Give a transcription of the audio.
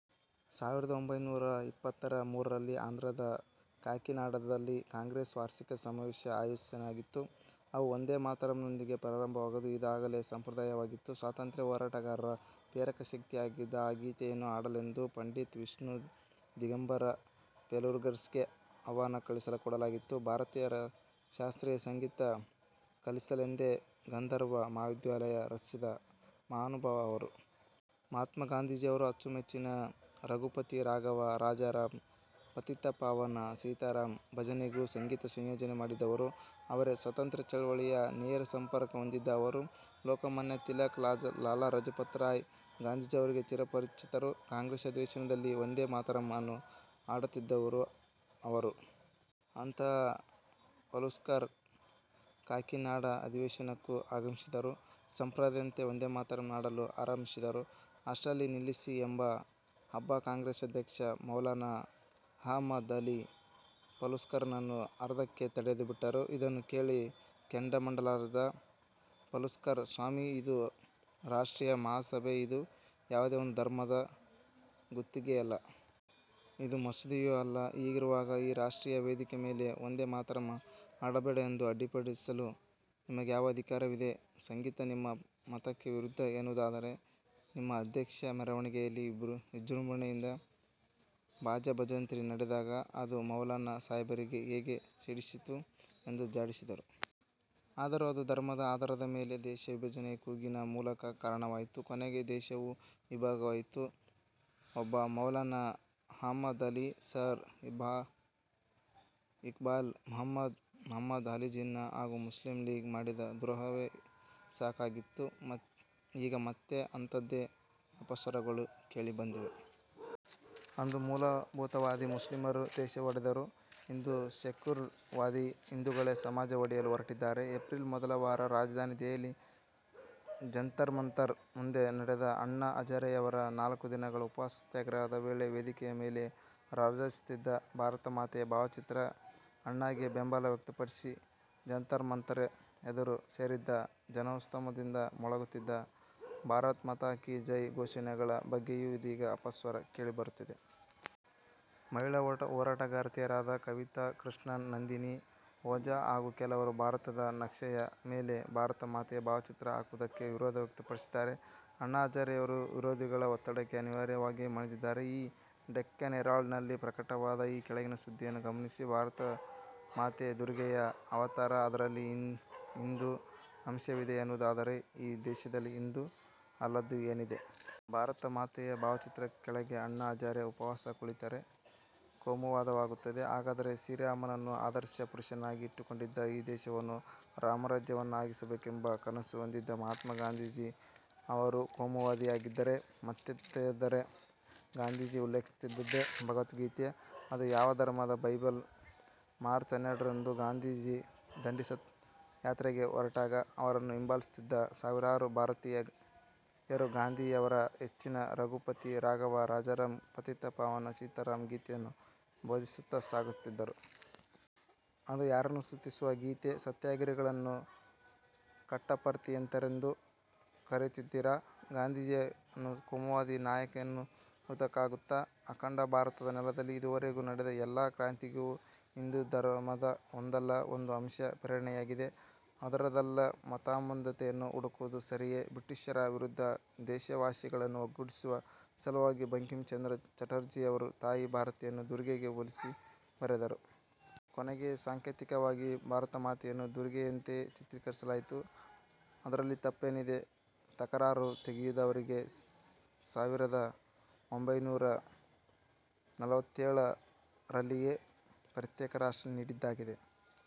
ಸಾವಿರದ ಪಒಂಭೈನೂರ ಇಪ್ಪತ್ತ ಮೂರರಲ್ಲಿ ಆಂಧ್ರದ ಕಾಕಿನಾಡದಲ್ಲಿ ಕಾಂಗ್ರೆಸ್ನ ವಾರ್ಷಿಕ ಅಧಿವೇಶನಆಯೋಜನೆಯಾಗಿತ್ತು. ಅವು 'ವಂದೇ ಮಾತರಂ'ನೊಂದಿಗೆ ಆರಂಭವಾಗುವುದು ಅದಾಗಲೇ ಸಂಪ್ರದಾಯವಾಗಿತ್ತು. ಸ್ವಾತಂತ್ರ್ಯ ಹೋರಾಟಗಾರರ ಪ್ರೇರಕ ಶಕ್ತಿಯಾಗಿದ್ದ ಆ ಗೀತೆಯನ್ನು ಹಾಡಬೇಕೆಂದು ಪಂಡಿತ್ ವಿಷ್ಣು ದಿಗಂಬರ ಪಲುಸ್ಕರ್ಗೆ ಆಹ್ವಾನ ಕಳುಹಿಸಿಕೊಡಲಾಗಿತ್ತು. ಭಾರತೀಯ ಶಾಸ್ತ್ರೀಯ ಸಂಗೀತ ಕಲಿಸಲೆಂದೇ ಗಂಧರ್ವ ಮಹಾವಿದ್ಯಾಲಯ ರಚಿಸಿದ ಮಹಾನುಭಾವ ಅವರು. ಮಹಾತ್ಮ ಗಾಂಧೀಜಿಯವರ ಅಚ್ಚುಮೆಚ್ಚಿನ 'ರಘುಪತಿ ರಾಘವ ರಾಜಾರಾಂ, ಪತೀತ ಪಾವನ ಸೀತಾರಾಂ' ಭಜನೆಗೂ ಸಂಗೀತ ಸಂಯೋಜನೆ ಮಾಡಿದ್ದವರು ಅವರೇ. ಸ್ವಾತಂತ್ರ್ಯ ಚಳವಳಿಯ ನೇರ ಸಂಪರ್ಕ ಹೊಂದಿದ್ದ ಅವರು ಲೋಕಮಾನ್ಯ ತಿಲಕ್, ಲಾಲಾ ಲಜಪತ್ ರಾಯ್, ಗಾಂಧೀಜಿಯವರಿಗೆ ಚಿರಪರಿಚಿತರು. ಕಾಂಗ್ರೆಸ್ ಅಧಿವೇಶನಗಳಲ್ಲಿ ವಂದೇ ಮಾತರಂ ಅನ್ನು ಹಾಡುತ್ತಿದ್ದವರೇ ಅವರು. ಅಂತಹ ಪಲುಸ್ಕರ್ ಕಾಕಿನಾಡ ಅಧಿವೇಶನಕ್ಕೂ ಆಗಮಿಸಿದರು. ಸಂಪ್ರದಾಯದಂತೆ ವಂದೇ ಮಾತರಂ ಹಾಡಲು ಆರಂಭಿಸಿದರು. ಅಷ್ಟರಲ್ಲಿ, ನಿಲ್ಲಿಸಿ ಎಂಬ ಅಬ್ಬ ಕಾಂಗ್ರೆಸ್ ಅಧ್ಯಕ್ಷ ಮೌಲಾನ ಅಹಮದ್ ಅಲಿ, ಪಲುಸ್ಕರನ್ನು ಅರ್ಧಕ್ಕೇ ತಡೆದು ಬಿಟ್ಟರು. ಅದನ್ನು ಕೇಳಿ ಕೆಂಡಾಮಂಡಲರಾದ ಪಲುಸ್ಕರ್, 'ಸ್ವಾಮಿ, ಇದು ರಾಷ್ಟ್ರೀಯ ಮಹಾಸಭೆ. ಇದು ಯಾವುದೇ ಒಂದು ಧರ್ಮದ ಗುತ್ತಿಗೆಯಲ್ಲ. ಇದು ಮಸೀದಿಯೂ ಅಲ್ಲ. ಹೀಗಿರುವಾಗ ಈ ರಾಷ್ಟ್ರೀಯ ವೇದಿಕೆ ಮೇಲೆ ವಂದೇ ಮಾತರಂ ಹಾಡಬೇಡ ಎಂದು ಅಡ್ಡಿಪಡಿಸಲು ನಿಮಗ್ಯಾವ ಅಧಿಕಾರವಿದೆ? ಸಂಗೀತ ನಿಮ್ಮ ಮತಕ್ಕೆ ವಿರುದ್ಧ ಎನ್ನುವುದಾದರೆ ನಿಮ್ಮ ಅಧ್ಯಕ್ಷ ಮೆರವಣಿಗೆಯಲ್ಲಿ ವಿಜೃಂಭಣೆಯಿಂದ ಬಾಜಾ ಭಜಂತ್ರಿ ನಡೆದಾಗ ಅದು ಮೌಲಾನ ಸಾಹೇಬರಿಗೆ ಹೇಗೆ ಹಿಡಿಸಿತು? ' ಎಂದು ಜಾಡಿಸಿದರು. ಆದರೂ ಅದು ಧರ್ಮದ ಆಧಾರದ ಮೇಲೆ ದೇಶ ವಿಭಜನೆಯ ಕೂಗಿಗೆ ಮೂಲ ಕಾರಣವಾಯಿತು, ಕೊನೆಗೆ ದೇಶವೂ ಇಬ್ಭಾಗವಾಯಿತು. ಒಬ್ಬ ಮೌಲಾನ ಅಹಮದ್ ಅಲಿ, ಸರ್ ಇಕ್ಬಾಲ್ ಅಹಮದ್, ಮಹಮದ್ ಅಲಿ ಜಿನ್ನಾ ಹಾಗೂ ಮುಸ್ಲಿಂ ಲೀಗ್ ಮಾಡಿದ ದ್ರೋಹವೇ ಸಾಕಾಗಿತ್ತು. ಈಗ ಮತ್ತೆ ಅಂಥದ್ದೇ ಅಪಸ್ವರಗಳು ಕೇಳಿ ಬಂದಿವೆ. ಅಂದು ಮೂಲಭೂತವಾದಿ ಮುಸ್ಲಿಮರು ದೇಶ ಒಡೆದರು, ಇಂದು ಸೆಕ್ಯುಲರ್ವಾದಿ ಹಿಂದುಗಳೇ ಸಮಾಜ ಒಡೆಯಲು ಹೊರಟಿದ್ದಾರೆ. ಏಪ್ರಿಲ್ ಮೊದಲ ವಾರ ರಾಜಧಾನಿ ದೆಹಲಿಯ ಜಂತರ್ಮಂತರ್ ಮುಂದೆ ನಡೆದ ಅಣ್ಣಾ ಹಜಾರೆಯವರ ನಾಲ್ಕು ದಿನಗಳ ಉಪವಾಸ ಸತ್ಯಾಗ್ರಹದ ವೇಳೆ ವೇದಿಕೆಯ ಮೇಲೆ ರಾರಾಜಿಸುತ್ತಿದ್ದ ಭಾರತ ಮಾತೆಯ ಭಾವಚಿತ್ರ, ಅಣ್ಣಾಗೆ ಬೆಂಬಲ ವ್ಯಕ್ತಪಡಿಸಿ ಜಂತರ್ ಮಂತರ್ ಎದುರು ಸೇರಿದ್ದ ಜನಸ್ತೋಮದಿಂದ ಮೊಳಗುತ್ತಿದ್ದ 'ಭಾರತ್ ಮಾತಾ ಕೀ ಜೈ' ಘೋಷಣೆಗಳ ಬಗ್ಗೆಯೂ ಇದೀಗ ಅಪಸ್ವರ ಕೇಳಿಬರುತ್ತಿದೆ. ಮಹಿಳಾ ಹೋರಾಟಗಾರ್ತಿಯರಾದ ಕವಿತಾ ಕೃಷ್ಣನ್, ನಂದಿನಿ ಓಜಾ ಹಾಗೂ ಕೆಲವರು ಭಾರತದ ನಕ್ಷೆಯ ಮೇಲೆ ಭಾರತ ಮಾತೆಯ ಭಾವಚಿತ್ರ ಹಾಕುವುದಕ್ಕೆ ವಿರೋಧ ವ್ಯಕ್ತಪಡಿಸಿದ್ದಾರೆ. ಅಣ್ಣಾ ಹಜಾರೆಯವರು ವಿರೋಧಿಗಳ ಒತ್ತಡಕ್ಕೆ ಅನಿವಾರ್ಯವಾಗಿ ಮಣಿದಿದ್ದಾರೆ. ದಿ ಡೆಕ್ಕನ್ ಹೆರಾಲ್ಡ್ನಲ್ಲಿ ಪ್ರಕಟವಾದ ಈ ಕೆಳಗಿನ ಸುದ್ದಿಯನ್ನು ಗಮನಿಸಿ. ಭಾರತ ಮಾತೆ ದುರ್ಗೆಯ ಅವತಾರ, ಅದರಲ್ಲಿ ಹಿಂದು ಅಂಶವಿದೆ ಎನ್ನುವುದಾದರೆ ಈ ದೇಶದಲ್ಲಿ ಹಿಂದು ಅಲ್ಲದ್ದು ಏನಿದೆ. ಭಾರತ ಮಾತೆಯ ಭಾವಚಿತ್ರದ ಕೆಳಗೆ ಅಣ್ಣಾ ಹಜಾರೆ ಉಪವಾಸ ಕುಳಿತರೆ ಕೋಮುವಾದವಾಗುತ್ತದೆಯೆ? ಹಾಗಾದರೆ ಶ್ರೀರಾಮನನ್ನು ಅದರ್ಶ ಪುರುಷನನ್ನಾಗಿ ಇಟ್ಟುಕೊಂಡಿದ್ದ, ಈ ದೇಶವನ್ನು ರಾಮರಾಜ್ಯವನ್ನಾಗಿಸಬೇಕೆಂಬ ಕನಸು ಹೊಂದಿದ್ದ ಮಹಾತ್ಮ ಗಾಂಧೀಜಿ ಅವರೂ ಕೋಮುವಾದಿಯಾಗಿದ್ದರೆ? ಮಾತೆತ್ತಿದರೆ ಗಾಂಧೀಜಿ ಉಲ್ಲೇಖಿಸುತ್ತಿದ್ದುದೇ ಭಗವದ್ಗೀತೆ. ಅದು ಯಾವ ಧರ್ಮದ ಬೈಬಲ್?, ಮಾರ್ಚ್ ಹನ್ನೆರಡರಂದು ಗಾಂಧೀಜಿ ದಂಡಿ ಯಾತ್ರೆಗೆ ಹೊರಟಾಗ ಅವರನ್ನು ಹಿಂಬಾಲಿಸುತ್ತಿದ್ದ ಸಾವಿರಾರು ಭಾರತೀಯರು ಗಾಂಧೀಜಿಯವರ ನೆಚ್ಚಿನ 'ರಘುಪತಿ ರಾಘವ ರಾಜಾರಾಂ, ಪತೀತ ಪಾವನ ಸೀತಾರಾಂ' ಗೀತೆಯನ್ನು ಭಜಿಸುತ್ತಾ ಸಾಗುತ್ತಿದ್ದರು. ಅದು ಯಾರನ್ನು ಸ್ತುತಿಸುವ ಗೀತೆ. ಸತ್ಯಾಗ್ರಹಿಗಳನ್ನೂ ಕಟ್ಟರ್ಪಂಥೀಯರೆಂದು ಕರೆಯುತ್ತೀರಾ ಗಾಂಧೀಜಿಯನ್ನು ಕೋಮುವಾದಿ ನಾಯಕ ಎನ್ನುವುದಕ್ಕಾಗುತ್ತಾ? ಅಖಂಡ ಭಾರತದ ನೆಲದಲ್ಲಿ ಇದುವರೆಗೂ ನಡೆದ ಎಲ್ಲ ಕ್ರಾಂತಿಗಳಿಗೂ ಹಿಂದು ಧರ್ಮದ ಒಂದಲ್ಲ ಒಂದು ಅಂಶಗಳು ಪ್ರೇರಣೆಯಾಗಿವೆ. ಅದರಲ್ಲೆಲ್ಲ ಮತಾಂಧತೆಯನ್ನು ಹುಡುಕುವುದು ಸರಿಯೇ? ಬ್ರಿಟಿಷರ ವಿರುದ್ಧ ದೇಶವಾಸಿಗಳನ್ನು ಒಗ್ಗೂಡಿಸುವ ಸಲುವಾಗಿ ಬಂಕಿಮ ಚಂದ್ರ ಚಟರ್ಜಿಯವರು ತಾಯಿ ಭಾರತಿಯನ್ನು ದುರ್ಗೆಗೆ ಹೋಲಿಸಿ ಬರೆದರು. ಕೊನೆಗೆ ಸಾಂಕೇತಿಕವಾಗಿ ಭಾರತಮಾತೆಯನ್ನು ದುರ್ಗೆಯಂತೆಯೇ ಚಿತ್ರಿಸಲಾಯಿತು. ಅದರಲ್ಲಿ ತಪ್ಪೇನಿದೆ. ತಕರಾರು ತೆಗೆದವರಿಗೆ ಸಾವಿರದ ಒಂಭೈನೂರ ನಲವತ್ತೇಳ ರಲ್ಲಿಯೇ ಪ್ರತ್ಯೇಕ ರಾಷ್ಟ್ರ ನೀಡಿದ್ದಾಗಿದೆ.